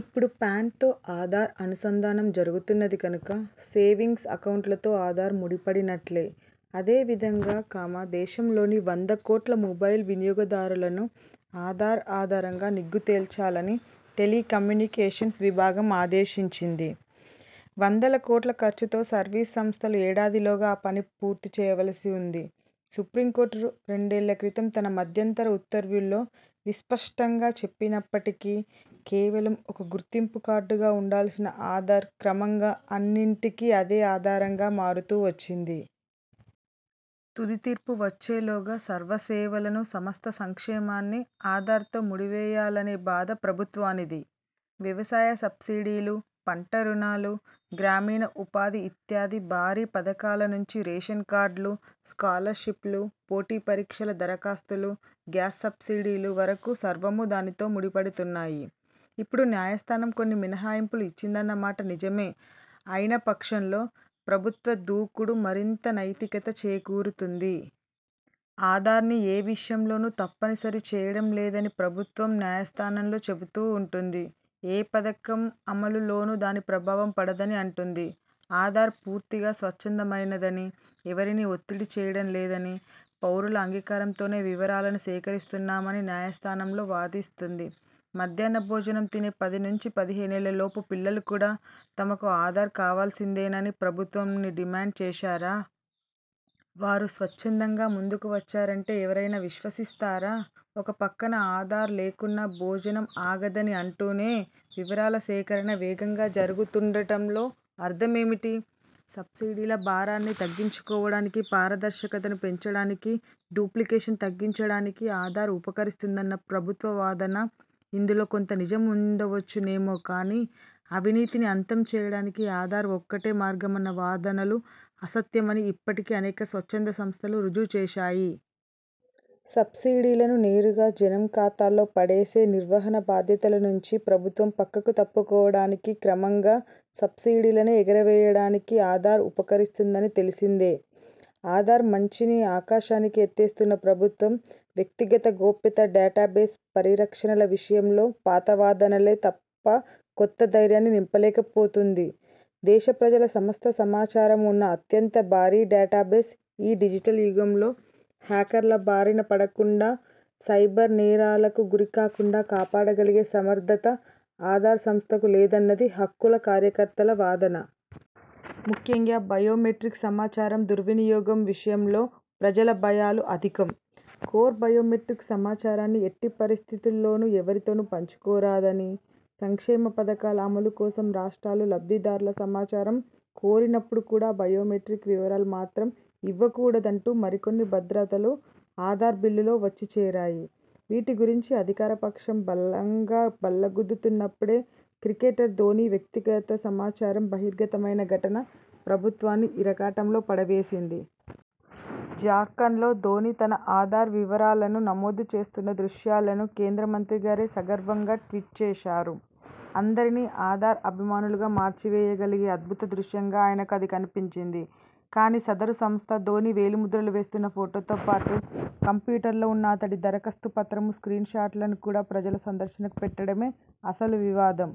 ఇప్పుడు పాన్తో ఆధార్ అనుసంధానం జరుగుతున్నది కనుక సేవింగ్స్ ఎకౌంట్లతో ఆధార్ ముడిపడినట్లే. అదేవి ధంగా, దేశంలోని వందకోట్ల మొబైల్ వినియోగదారులను ఆధార్ ఆధారంగా నిగ్గుతేల్చాలని టెలికమ్యూనికేషన్స్ విభాగం ఆదేశించింది. వందలకోట్ల ఖర్చుతో సర్వీసు సంస్థలు ఏడాదిలోగా ఆ పని పూర్తిచేయవలసి ఉంది. సుప్రీంకోర్టు రెండేళ్ళక్రితం తన మధ్యంతర ఉత్తర్వుల్లో విస్పష్టంగా చెప్పినప్పటికీ, కేవలం ఒక గుర్తింపు కార్డుగా ఉండాల్సిన ఆధార్ క్రమంగా అన్నింటికీ అదే ఆధారంగా మారుతూ వచ్చింది. తుది తీర్పు వచ్చేలోగా సర్వసేవలనూ, సమస్త సంక్షేమాన్నీ ఆధార్తో ముడివేయాలనే బాధ ప్రభుత్వానిది. వ్యవసాయ సబ్సిడీలు, పంటరుణాలు, గ్రామీణ ఉపాధి ఇత్యాది భారీ పథకాల నుంచి, రేషన్కార్డులు, స్కాలర్షిప్పులు, పోటీపరీక్షల దరఖాస్తులు, గ్యాస్ సబ్సిడీ వరకూ సర్వమూ దానితో ముడిపడుతున్నాయి. ఇప్పుడు న్యాయస్థానం కొన్ని మినహాయింపులను ఇచ్చిందన్న మాట నిజమే అయిన పక్షంలో, ప్రభుత్వ దూకుడుకు మరింత నైతికత చేకూరుతుంది. ఆధార్ను ఏ విషయంలోనూ తప్పనిసరి చేయడం లేదని ప్రభుత్వం న్యాయస్థానంలో చెబుతూ ఉంటుంది. ఏ పథకం అమలులోనూ దాని ప్రభావం పడదని అంటుంది. ఆధార్ పూర్తిగా స్వచ్ఛందమైనదనీ, ఎవరినీ ఒత్తిడి చేయడంలేదనీ, పౌరుల అంగీకారంతోనే వివరాలను సేకరిస్తున్నామని న్యాయస్థానంలో వాదిస్తుంది. మధ్యాహ్న భోజనం తినే పదినుంచి పదిహేనేళ్లలోపు పిల్లలు కూడా తమకు ఆధార్ కావాల్సిందేనని ప్రభుత్వాన్ని డిమాండ్ చేశారా? వారు స్వచ్ఛందంగా ముందుకు వచ్చారంటే ఎవరైనా విశ్వసిస్తారా? ఒకపక్కన ఆధార్ లేకున్నా భోజనం ఆగదని అంటూనే, వివరాల సేకరణ వేగంగా జరుగుతుండటంలో అర్థమేమిటి? సబ్సిడీల భారాన్ని తగ్గించుకోవడానికీ, పారదర్శకతను పెంచడానికీ, డూప్లికేషన్ తగ్గించడానికి ఆధార్ ఉపకరిస్తుందన్నది ప్రభుత్వ వాదన. ఇందులో కొంత నిజం ఉండవచ్చునేమో కానీ, అవినీతిని అంతం చేయడానికి ఆధార్ ఒక్కటే మార్గమన్న వాదనలు అసత్యమని ఇప్పటికే అనేక స్వచ్ఛందసంస్థలు రుజువుచేశాయి. సబ్సిడీలను నేరుగా జనం ఖాతాల్లో పడేసి, నిర్వహణ బాధ్యతలనుంచి ప్రభుత్వం పక్కకు తప్పుకోవడానికీ, క్రమంగా సబ్సిడీలనే ఎగవేయడానికీ ఆధార్ ఉపకరిస్తున్నదని తెలిసిందే. ఆధార్ మంచిని ఆకాశానికి ఎత్తేస్తున్న ప్రభుత్వం, వ్యక్తిగత గోప్యత, డేటాబేస్ పరిరక్షణల విషయంలో పాతవాదనలే తప్ప కొత్త ధైర్యాన్ని నింపలేకపోతున్నది. దేశప్రజల సమస్త సమాచారమూ ఉన్న అత్యంత భారీ డేటాబేస్ ఈ డిజిటల్ యుగంలో హ్యాకర్ల బారినపడకుండా, సైబర్ నేరాలకు గురికాకుండా కాపాడగలిగే సమర్థత ఆధార్ సంస్థకు లేదన్నది హక్కుల కార్యకర్తల వాదన. ముఖ్యంగా బయోమెట్రిక్ సమాచారం దుర్వినియోగం విషయంలో ప్రజల భయాలు అధికం. కోర్ బయోమెట్రిక్ సమాచారాన్ని ఎట్టిపరిస్థితుల్లోనూ ఎవరితోనూ పంచుకోరాదనీ, సంక్షేమపథకాల అమలు కోసం రాష్ట్రాలు లబ్ధిదారుల సమాచారం కోరినప్పుడు కూడా బయోమెట్రిక్ వివరాలు మాత్రం ఇవ్వకూడదంటూ మరికొన్ని భద్రతలు ఆధార్ బిల్లులో వచ్చిచేరాయి. వీటి గురించి అధికారపక్షం బలంగా బల్లగుద్దుతున్నప్పుడే, క్రికెటర్ ధోనీ వ్యక్తిగత సమాచారం బహిర్గతమైన ఘటన ప్రభుత్వాన్ని ఇరకాటంలో పడవేసింది. జార్ఖండ్లో ధోనీ తన ఆధార్ వివరాలను నమోదు చేస్తున్న దృశ్యాలను కేంద్రమంత్రిగారే సగర్వంగా ట్వీట్చేశారు. అందరినీ ఆధార్ అభిమానులుగా మార్చివేయగలిగే అద్భుత దృశ్యంగా ఆయనకు అది కనిపించింది. కానీ, సదరు సంస్థ ధోనీ వేలిముద్రలు వేస్తున్న ఫోటోతో పాటు కంప్యూటర్లో ఉన్న అతడి దరఖాస్తు పత్రం స్క్రీన్షాట్ను కూడా ప్రజల సందర్శనకు పెట్టడమే అసలు వివాదం.